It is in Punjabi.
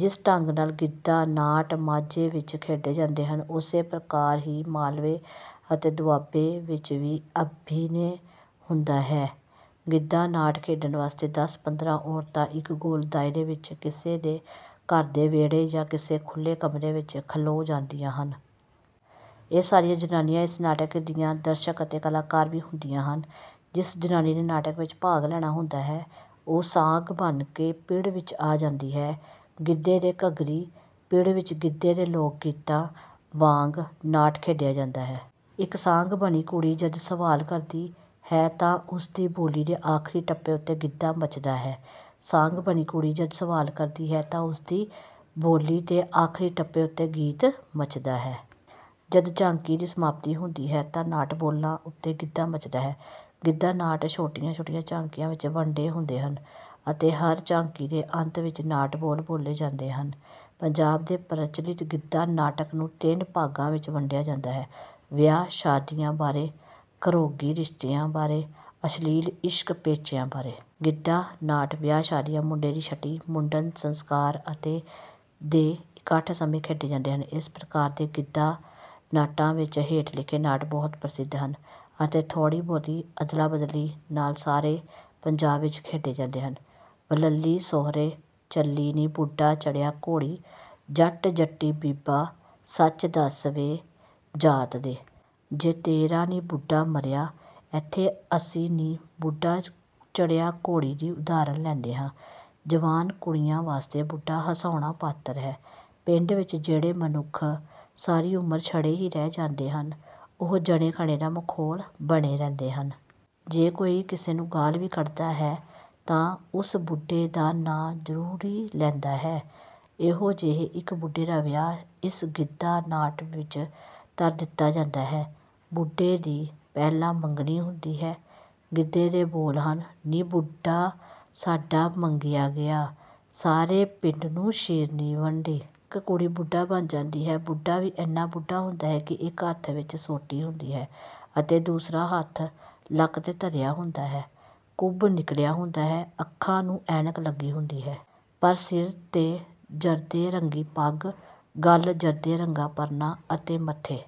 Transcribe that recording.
ਜਿਸ ਢੰਗ ਨਾਲ ਗਿੱਧਾ ਨਾਟ ਮਾਝੇ ਵਿੱਚ ਖੇਡੇ ਜਾਂਦੇ ਹਨ, ਉਸੇ ਪ੍ਰਕਾਰ ਹੀ ਮਾਲਵੇ ਅਤੇ ਦੁਆਬੇ ਵਿੱਚ ਵੀ ਅਭਿਨੈ ਹੁੰਦਾ ਹੈ। ਗਿੱਧਾ ਨਾਟ ਖੇਡਣ ਵਾਸਤੇ ਦਸ ਪੰਦਰਾਂ ਔਰਤਾਂ ਇੱਕ ਗੋਲ ਦਾਇਰੇ ਵਿੱਚ ਕਿਸੇ ਦੇ ਘਰ ਦੇ ਵਿਹੜੇ ਜਾਂ ਕਿਸੇ ਖੁੱਲ੍ਹੇ ਕਮਰੇ ਵਿੱਚ ਖਲੋ ਜਾਂਦੀਆਂ ਹਨ। ਇਹ ਸਾਰੀਆਂ ਜ਼ਨਾਨੀਆਂ ਇਸ ਨਾਟਕ ਦੀਆਂ ਦਰਸ਼ਕ ਅਤੇ ਕਲਾਕਾਰ ਵੀ ਹੁੰਦੀਆਂ ਹਨ। ਜਿਸ ਜ਼ਨਾਨੀ ਨੇ ਨਾਟਕ ਵਿੱਚ ਭਾਗ ਲੈਣਾ ਹੁੰਦਾ ਹੈ, ਉਹ ਸਾਂਗ ਬਣ ਕੇ ਪਿੜ ਵਿੱਚ ਆ ਜਾਂਦੀ ਹੈ। ਗਿੱਧੇ ਦੇ ਘੱਗਰੀ ਪਿੜ ਵਿੱਚ ਗਿੱਧੇ ਦੇ ਲੋਕ ਗੀਤਾਂ ਵਾਂਗ ਨਾਟ ਖੇਡਿਆ ਜਾਂਦਾ ਹੈ। ਇੱਕ ਸਾਂਗ ਬਣੀ ਕੁੜੀ ਜਦ ਸਵਾਲ ਕਰਦੀ ਹੈ ਤਾਂ ਉਸ ਦੀ ਬੋਲੀ ਦੇ ਆਖ਼ਰੀ ਟੱਪੇ ਉੱਤੇ ਗਿੱਧਾ ਮੱਚਦਾ ਹੈ। ਸਾਂਗ ਬਣੀ ਕੁੜੀ ਜਦ ਸਵਾਲ ਕਰਦੀ ਹੈ ਤਾਂ ਉਸ ਦੀ ਬੋਲੀ ਦੇ ਆਖ਼ਰੀ ਟੱਪੇ ਉੱਤੇ ਗੀਤ ਮੱਚਦਾ ਹੈ। ਜਦ ਝਾਕੀ ਦੀ ਸਮਾਪਤੀ ਹੁੰਦੀ ਹੈ ਤਾਂ 'ਨਾਟ ਬੋਲਾਂ' ਉੱਤੇ ਗਿੱਧਾ ਮੱਚਦਾ ਹੈ। ਗਿੱਧਾ ਨਾਟ ਛੋਟੀਆਂ-ਛੋਟੀਆਂ ਝਾਕੀਆਂ ਵਿੱਚ ਵੰਡੇ ਹੁੰਦੇ ਹਨ ਅਤੇ ਹਰ ਝਾਕੀ ਦੇ ਅੰਤ ਵਿੱਚ 'ਨਾਟ ਬੋਲ' ਬੋਲੇ ਜਾਂਦੇ ਹਨ। ਪੰਜਾਬ ਦੇ ਪ੍ਰਚੱਲਿਤ ਗਿੱਧਾ ਨਾਟਕ ਨੂੰ ਤਿੰਨ ਭਾਗਾਂ ਵਿੱਚ ਵੰਡਿਆ ਜਾਂਦਾ ਹੈ: ਵਿਆਹ ਸ਼ਾਦੀਆਂ ਬਾਰੇ, ਘਰੋਗੀ ਰਿਸ਼ਤਿਆਂ ਬਾਰੇ, ਅਸ਼ਲੀਲ ਇਸ਼ਕ ਪੇਚਿਆਂ ਬਾਰੇ। ਗਿੱਧਾ ਨਾਟ ਵਿਆਹ ਸ਼ਾਦੀਆਂ, ਮੁੰਡੇ ਦੀ ਛਟੀ, ਮੁੰਡਨ ਸੰਸਕਾਰ ਅਤੇ ਦੇ ਇਕੱਠ ਸਮੇਂ ਖੇਡੇ ਜਾਂਦੇ ਹਨ। ਇਸ ਪ੍ਰਕਾਰ ਦੇ ਗਿੱਧਾ ਨਾਟਾਂ ਵਿੱਚ ਹੇਠ ਲਿਖੇ ਨਾਟ ਬਹੁਤ ਪ੍ਰਸਿੱਧ ਹਨ ਅਤੇ ਥੋੜ੍ਹੀ-ਬਹੁਤੀ ਅਦਲਾ-ਬਦਲੀ ਨਾਲ ਸਾਰੇ ਪੰਜਾਬ ਵਿੱਚ ਖੇਡੇ ਜਾਂਦੇ ਹਨ: ਵਲੱਲੀ ਸਹੁਰੇ ਚੱਲੀ ਨੀ, ਬੁੱਢਾ ਚੜ੍ਹਿਆ ਘੋੜੀ, ਜੱਟ ਜੱਟੀ ਬੀਬਾ ਸੱਚ ਦੱਸ ਵੇ, ਜਾਤ ਦੇ। ਜੇ ਤੇਰਾ ਨੀ ਬੁੱਢਾ ਮਰਿਆ। ਇੱਥੇ ਅਸੀਂ 'ਨੀ ਬੁੱਢਾ ਚੜ੍ਹਿਆ ਘੋੜੀ' ਦੀ ਉਦਾਹਰਨ ਲੈਂਦੇ ਹਾਂ। ਜਵਾਨ ਕੁੜੀਆਂ ਵਾਸਤੇ ਬੁੱਢਾ ਹਸਾਉਣਾ ਪਾਤਰ ਹੈ। ਪਿੰਡ ਵਿੱਚ ਜਿਹੜੇ ਮਨੁੱਖ ਸਾਰੀ ਉਮਰ ਛੜੇ ਹੀ ਰਹਿ ਜਾਂਦੇ ਹਨ, ਉਹ ਜਣੇ-ਖਣੇ ਦਾ ਮਖ਼ੌਲ ਬਣੇ ਰਹਿੰਦੇ ਹਨ। ਜੇ ਕੋਈ ਕਿਸੇ ਨੂੰ ਗਾਲ੍ਹ ਵੀ ਕੱਢਦਾ ਹੈ ਤਾਂ ਉਸ ਬੁੱਢੇ ਦਾ ਨਾਂ ਜ਼ਰੂਰੀ ਲੈਂਦਾ ਹੈ। ਇਹੋ ਜਿਹੇ ਇੱਕ ਬੁੱਢੇ ਦਾ ਵਿਆਹ ਇਸ ਗਿੱਧਾ ਨਾਟ ਵਿੱਚ ਧਰ ਦਿੱਤਾ ਜਾਂਦਾ ਹੈ। ਬੁੱਢੇ ਦੀ ਪਹਿਲਾਂ ਮੰਗਣੀ ਹੁੰਦੀ ਹੈ, ਗਿੱਧੇ ਦੇ ਬੋਲ ਹਨ: "ਨੀ ਬੁੱਢਾ ਸਾਡਾ ਮੰਗਿਆ ਗਿਆ, ਸਾਰੇ ਪਿੰਡ ਨੂੰ ਸ਼ੀਰਨੀ ਵੰਡੀ।" ਇੱਕ ਕੁੜੀ ਬੁੱਢਾ ਬਣ ਜਾਂਦੀ ਹੈ। ਬੁੱਢਾ ਵੀ ਏਨਾ ਬੁੱਢਾ ਹੁੰਦਾ ਹੈ ਕਿ ਇੱਕ ਹੱਥ ਵਿੱਚ ਸੋਟੀ ਹੁੰਦੀ ਹੈ ਅਤੇ ਦੂਸਰਾ ਹੱਥ ਲੱਕ ਤੇ ਧਰਿਆ ਹੁੰਦਾ ਹੈ। ਕੁੱਬ ਨਿਕਲਿਆ ਹੁੰਦਾ ਹੈ, ਅੱਖਾਂ ਨੂੰ ਐਨਕ ਲੱਗੀ ਹੁੰਦੀ ਹੈ। ਪਰ ਸਿਰ ਤੇ ਜਰਦੇ ਰੰਗੀ ਪੱਗ, ਗਲ ਜਰਦੇ ਰੰਗਾ ਪਰਨਾ ਅਤੇ ਮੱਥੇ